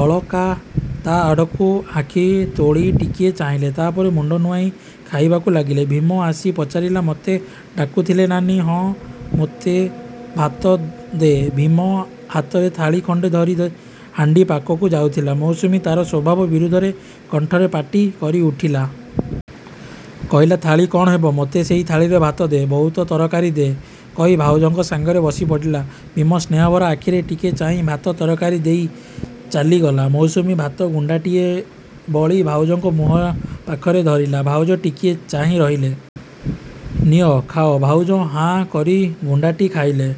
ଅଳକା ତା'ଆଡ଼କୁ ଆଖି ତୋଳି ଟିକିଏ ଚାହିଁଲେ। ତାପରେ ମୁଣ୍ଡ ନୁଆଁଇ ଖାଇବାକୁ ଲାଗିଲେ। ଭୀମ ଆସି ପଚାରିଲା-ମୋତେ ଡାକୁଥିଲେ ନାନୀ? -ହଁ, ମୋତେ ଭାତ ଦେ। ଭୀମ ହାତରେ ଥାଳି ଖଣ୍ଡେ ଧରି ହାଣ୍ଡି ପାଖକୁ ଯାଉଥିଲା, ମୌସୁମୀ ତା'ର ସ୍ୱଭାବ ବିରୁଦ୍ଧ କଣ୍ଠରେ ପାଟି କରିଉଠିଲା। କହିଲା-ଥାଳି କ'ଣ ହେବ? ମୋତେ ଏଇ ଥାଳିରେ ଭାତ ଦେ। ବହୁତ ତରକାରୀ ଦେ କହି ଭାଉଜଙ୍କ ସାଙ୍ଗରେ ବସିପଡ଼ିଲା। ଭୀମ ସ୍ନେହଭରା ଆଖିରେ ଟିକିଏ ଚାହିଁ ଭାତ ତରକାରୀ ଦେଇ ଚାଲିଗଲା। ମୌସୁମୀ ଭାତ ଗୁଣ୍ଡାଟିଏ ବଳି ଭାଉଜଙ୍କ ମୁହଁ ପାଖରେ ଧରିଲା। ଭାଉଜ ଟିକିଏ ଚାହିଁ ରହିଲେ। ନିଅ, ଖାଅ। ଭାଉଜ ହାଁ କରି ଗୁଣ୍ଡାଟି ଖାଇଲେ।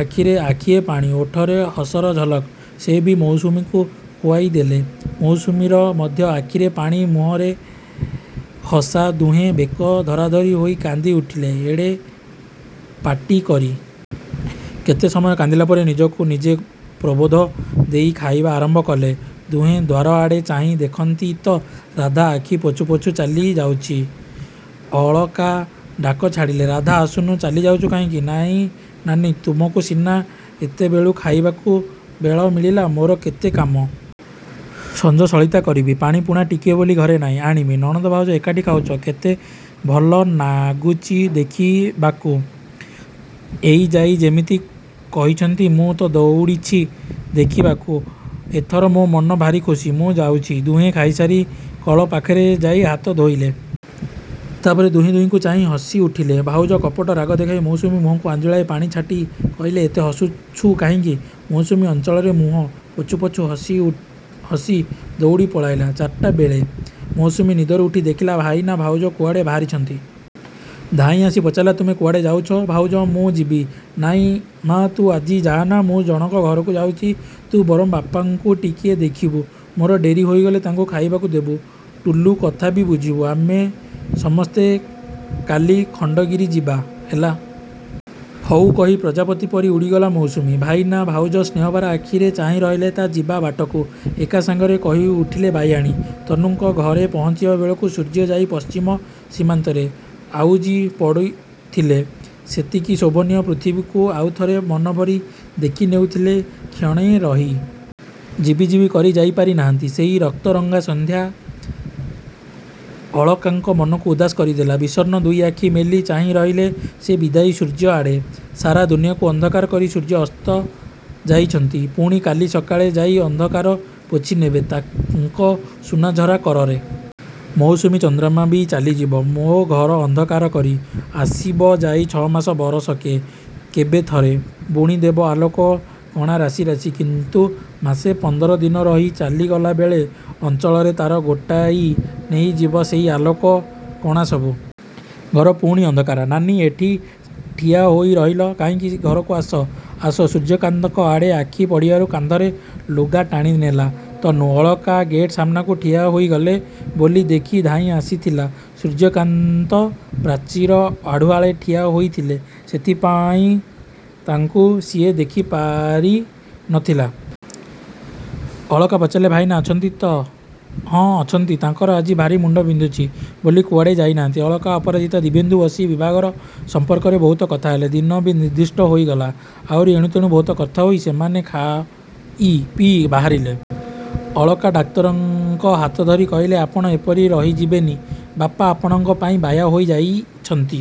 ଆଖିରେ ଆଖିଏ ପାଣି, ଓଠରେ ହସର ଝଲକ। ସେ ବି ମୌସୁମୀକୁ ଖୁଆଇଦେଲେ। ମୌସୁମୀର ମଧ୍ୟ ଆଖିରେ ପାଣି ମୁହଁରେ ହସ। ଦୁହେଁ ବେକ ଧରା ଧରି ହୋଇ କାନ୍ଦି ଉଠିଲେ ଏଡ଼େ ପାଟି କରି। କେତେ ସମୟ କାନ୍ଦିଲା ପରେ ନିଜକୁ ନିଜେ ପ୍ରବୋଧ ଦେଇ ଖାଇବା ଆରମ୍ଭ କଲେ। ଦୁହେଁ ଦ୍ୱାରଆଡ଼େ ଚାହିଁ ଦେଖନ୍ତି ତ ରାଧା ଆଖି ପୋଛୁ ପୋଛୁ ଚାଲିଯାଉଛି। ଅଳକା ଡାକ ଛାଡ଼ିଲେ-ରାଧା ଆସୁନୁ, ଚାଲିଯାଉଛୁ କାହିଁକି? -ନାଇଁ ନାନୀ, ତୁମକୁ ସିନା ଏତେବେଳକୁ ଖାଇବାକୁ ବେଳ ମିଳିଲା ମୋର କେତେ କାମ। ସଞ୍ଜ ସଳିତା କରିବି, ପାଣିପୁଣା ଟିକିଏ ବୋଲି ଘରେ ନାହିଁ ଆଣିବି। ନଣନ୍ଦ ଭାଉଜ ଏକାଠି ଖାଉଛ, କେତେ ଭଲନାଗୁଛି ଦେଖିବାକୁ। ଇଏ ଯାଇ ଯେମିତି କହିଛନ୍ତି ମୁଁ ତ ଦୌଡ଼ୁଛି ଦେଖିବାକୁ। ଏଥର ମୋ ମନ ଭାରି ଖୁସି, ମୁଁ ଯାଉଛି। ଦୁହେଁ ଖାଇସାରି କଳ ପାଖରେ ଯାଇ ହାତ ଧୋଇଲେ। ତାପରେ ଦୁହେଁ ଦୁହିଁଙ୍କୁ ଚାହିଁ ହସିଉଠିଲେ। ଭାଉଜ କପଟ ରାଗ ଦେଖାଇ ମୌସୁମୀ ମୁହଁକୁ ଆଞ୍ଜୁଳାଏ ପାଣି ଛାଟି କହିଲେ-ଏତେ ହସୁଛୁ କାହିଁକି? ମୌସୁମୀ ଅଞ୍ଚଳରେ ମୁହଁ ପୋଛୁ ପୋଛୁ ହସି ହସି ଦଉଡ଼ି ପଳାଇଲା। ଚାରିଟାବେଳେ ମୌସୁମୀ ନିଦରୁ ଉଠି ଦେଖିଲା ଭାଇନା ଭାଉଜ କୁଆଡ଼େ ବାହାରିଛନ୍ତି-। ଧାଇଁଆସି ପଚାରିଲା-ତୁମେ କୁଆଡ଼େ ଯାଉଛ ଭାଉଜ, ମୁଁ ଯିବି। -ନାଇଁ ମା' ତୁ ଆଜି ଯାଆନା, ମୁଁ ଜଣକ ଘରକୁ ଯାଉଛି। ତୁ ବରଂ ବାପାଙ୍କୁ ଟିକେ ଦେଖିବୁ, ମୋର ଡେରି ହୋଇଗଲେ ତାଙ୍କୁ ଖାଇବାକୁ ଦେବୁ। ଟୁଲୁ କଥା ବି ବୁଝିବୁ। ଆମେ ସମସ୍ତେ କାଲି ଖଣ୍ଡଗିରି ଯିବା, ହେଲା। ହଉ କହି ପ୍ରଜାପତି ପରି ଉଡ଼ିଗଲା ମୌସୁମୀ। ଭାଇନା ଭାଉଜ ସ୍ନହଭରା ଆଖିରେ ଚାହିଁ ରହିଲେ ତା' ଯିବା ବାଟକୁ। ଏକା ସାଙ୍ଗରେ କହିଉଠିଲେ ବାୟାଣୀ। ତନୁଙ୍କ ଘରେ ପହଞ୍ଚିବା ବେଳକୁ ସୂର୍ଯ୍ୟ ଯାଇ ପଶ୍ଚିମ ସୀମାନ୍ତରେ ଆଉଜି ପଡ଼ିଥିଲେ। ସତେକି ଶୋଭାମୟ ପୃଥିବୀକୁ ଆଉଥରେ ମନଭରି ଦେଖିନେଉଥିଲେ କ୍ଷଣେ ରହି। ଯିବି ଯିବି କରି ଯାଇପାରିନାହାନ୍ତି। ସେହି ରକ୍ତରଙ୍ଗା ସନ୍ଧ୍ୟା ଅଳକାଙ୍କ ମନକୁ ଉଦାସ କରିଦେଲା। ବିଷନ୍ନ ଦୁଇ ଆଖି ମେଲି ଚାହିଁ ରହିଲେ ସେ ବିଦାୟୀ ସୂର୍ଯ୍ୟଆଡ଼େ। ସାରା ଦୁନିଆକୁ ଅନ୍ଧକାର କରି ସୂର୍ଯ୍ୟ ଅସ୍ତ ଯାଇଛନ୍ତି। ପୁଣି କାଲି ସକାଳେ ଯାଇ ଅନ୍ଧକାର ପୋଛିନେବେ ତାଙ୍କ ସୁନାଝରା କରରେ। ମୌସୁମୀ ଚନ୍ଦ୍ରମା ବି ଚାଲିଯିବ ମୋ ଘର ଅନ୍ଧକାର କରି। ଆସିବ ଯାଇ ଛମାସ ବରଷକେ କେବେ ଥରେ। ବୁଣିଦେବ ଆଲୋକ-କଣା ରାଶି ରାଶି। କିନ୍ତୁ ମାସେ ପନ୍ଦର ଦିନ ରହି ଚାଲିଗଲା ବେଳେ ଅଞ୍ଚଳରେ ତା'ର ଗୋଟାଇ ନେଇ ଯିବ ସେହି ଆଲୋକ-କଣା ସବୁ। ଘର ପୁଣି ଅନ୍ଧକାର। -ନାନୀ, ଏଠି ଠିଆ ହୋଇ ରହିଲ କାହିଁକି, ଆସ ଘରକୁ ଆସ। ସୂର୍ଯ୍ୟକାନ୍ତଙ୍କ ଆଡ଼େ ଆଖିପଡ଼ିବାରୁ କାନ୍ଧରେ ଲୁଗା ଟାଣିନେଲା ତନୁ। ଅଳକା ଗେଟ୍ ସାମନାକୁ ଠିଆ ହୋଇଗଲେ ବୋଲି ତାଙ୍କୁ ଦେଖି ଧାଇଁ ଆସିଥିଲା। ସୂର୍ଯ୍ୟକାନ୍ତ ପ୍ରାଚୀର ଆଢ଼ୁଆଳରେ ଠିଆ ହୋଇଥିଲେ, ସେଥିପାଇଁ ତାଙ୍କୁ ସିଏ ଦେଖିପାରିନଥିଲା। ଅଳକା ପଚାରିଲେ-ଭାଇନା ଘରେ ଅଛନ୍ତି ତ। -ହଁ, ଅଛନ୍ତି। ତାଙ୍କର ଆଜି ଭାରି ମୁଣ୍ଡ ବିନ୍ଧୁଛି ବୋଲି କୁଆଡ଼େ ଯାଇନାହାନ୍ତି। ଅଳକା, ଅପରାଜିତା, ଦିବ୍ୟେନ୍ଦୁ ବସି ବିଭାଘର ସମ୍ପର୍କରେ ବହୁତ କଥାହେଲେ। ଦିନ ବି ନିର୍ଦ୍ଦିଷ୍ଟ ହୋଇଗଲା। ଆହୁରି ଏଣୁତେଣୁ ବହୁତ କଥାବାର୍ତ୍ତା ହୋଇ ସେମାନେ ଖାଇ ପିଇ ବାହାରିଲେ। ଅଳକା ଡାକ୍ତରଙ୍କ ହାତଧରି କହିଲେ-ଆପଣ ଏପରି ରହିଯିବେନି। ବାପା ଆପଣଙ୍କ ପାଇଁ ବାୟା ହୋଇଯାଇଛନ୍ତି।